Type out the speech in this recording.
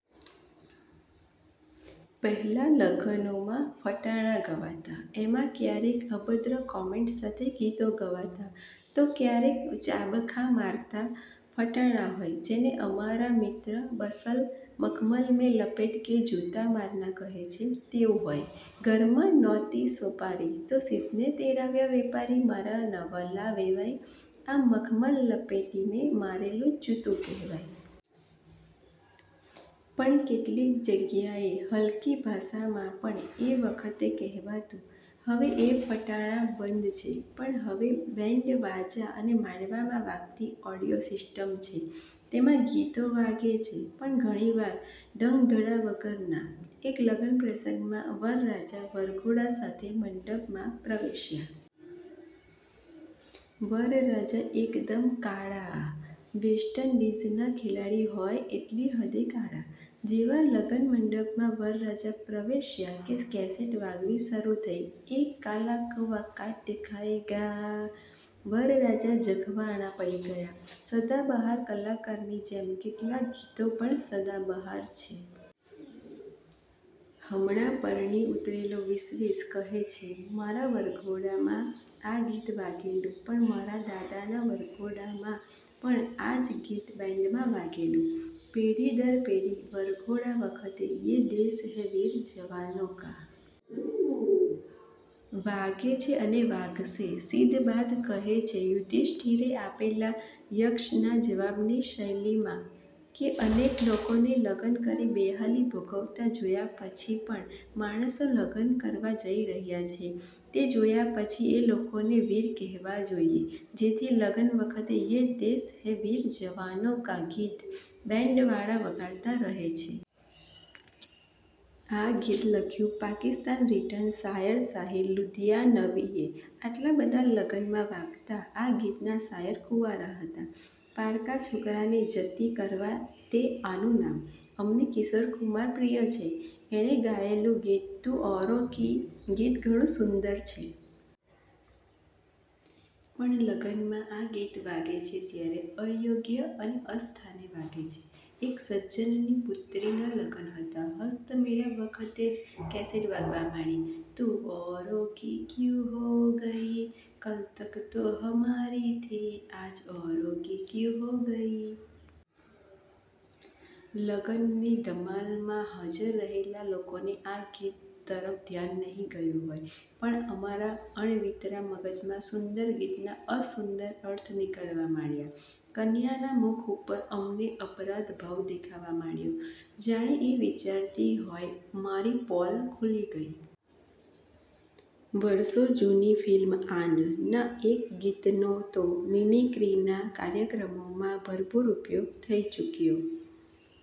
પહેલાં લગ્નોમાં ફટાણાં ગવાતાં. એમાં ક્યારેક અભદ્ર કોમેન્ટ સાથે ગીતો ગવાતાં, તો ક્યારેક ચાબખા મારતાં ફટાણાં હોય. જેને અમારા મિત્ર બંસલ, 'મખમલ મેં લપેટ કે જૂતા મારના' કહે છે તેવું હોય. 'ઘરમાં નો'તી સોપારી તો શીદને તેડાવ્યા વેપારી મારા નવલા વેવાઈ' આ મખમલ લપેટીને મારેલું જૂતું કહેવાય. પણ કેટલીક જગ્યાએ હલકી ભાષામાં પણ એ વખતે કહેવાતું. હવે એ ફટાણાં બંધ છે. પણ હવે બૅન્ડવાજા અને માંડવામાં વાગતી 'ઑડિયો સિસ્ટમ' છે. તેમાં ગીતો વાગે છે, પણ ઘણી વાર ઢંગધડા વગરનાં. એક લગ્ન પ્રસંગમાં વરરાજા વરઘોડા સાથે મંડપમાં પ્રવેશ્યા. વરરાજા એકદમ કાળા… વેસ્ટ ઈન્ડિઝના ખેલાડી હોય એટલી હદે કાળા. જેવા લગ્ન મંડપમાં વરરાજા પ્રવેશ્યા કે કેસેટ વાગવી શરૂ થઈ 'યે કાલા કૌવા કાટ ખાયેંગા… ' વરરાજા ઝંખવાણા પડી ગયા. સદાબહાર કલાકારની જેમ કેટલાંક ગીતો પણ સદાબહાર છે. હમણાં પરણી ઊતરેલો વિશ્વેશ કહે છે, "મારા વરઘોડામાં આ ગીત વાગેલું પણ મારા દાદાના વરઘોડામાં પણ આ જ ગીત બેન્ડમાં વાગેલું. " પેઢી દર પેઢી વરઘોડા વખતે 'યે દેશ હૈ વીર જવાનો કા' વાગે છે અને વાગશે, સિંદબાદ કહે છે, યુધિષ્ઠિરે આપેલા યક્ષના જવાબની શૈલીમાં કે અનેક લોકોને લગ્ન કરી બેહાલી ભોગવતા જોયા પછી પણ માણસો લગ્ન કરવા જઈ રહ્યા છે, તે જોયા પછી એ લોકોને 'વીર' કહેવા જોઈએ, જેથી લગ્ન વખતે 'યે દેશ હૈ વીર જવાનો કા' ગીત બેન્ડવાળા વગાડતા રહે છે. આ ગીત લખ્યું પાકિસ્તાન રિટર્ન શાયર સાહિર લુધિયાનવીએ, આટલાં બધાં લગ્નમાં વાગતા આ ગીતના શાયર કુંવારા હતા. પારકા છોકરાને જતિ કરવા તે આનું નામ. અમને કિશોરકુમાર પ્રિય છે. એણે ગાયેલું ગીત 'તૂં ઔરો કી' ગીત ઘણું સુંદર છે. પણ લગ્નમાં આ ગીત વાગે છે ત્યારે અયોગ્ય અને અસ્થાને લાગે છે. એક સજ્જનની પુત્રીનાં લગ્ન હતાં. હસ્તમેળાપ વખતે જ કેસેટ વાગવા માંડી, 'તૂં ઔરો કી ક્યું હો ગઈ! કલ તક તો હમારી થી… આજ ઔરો કી ક્યું હો ગઈ? ' લગ્નની ધમાલમાં હાજર રહેલા લોકોને આ ગીત તરફ ધ્યાન નહીં ગયું હોય, પણ અમારા અળવીતરા મગજમાં સુંદર ગીતના અસુંદર અર્થ નીકળવા માંડ્યા. કન્યાના મુખ ઉપર અમને અપરાધભાવ દેખાવા માંડયો. જાણે એ વિચારતી હોય 'મારી પોલ ખૂલી ગઈ. ' વરસો જૂની ફિલ્મ 'આન' ના એક ગીતનો તો મિમિક્રીના કાર્યક્રમોમાં ભરપૂર ઉપયોગ થઈ ચૂક્યો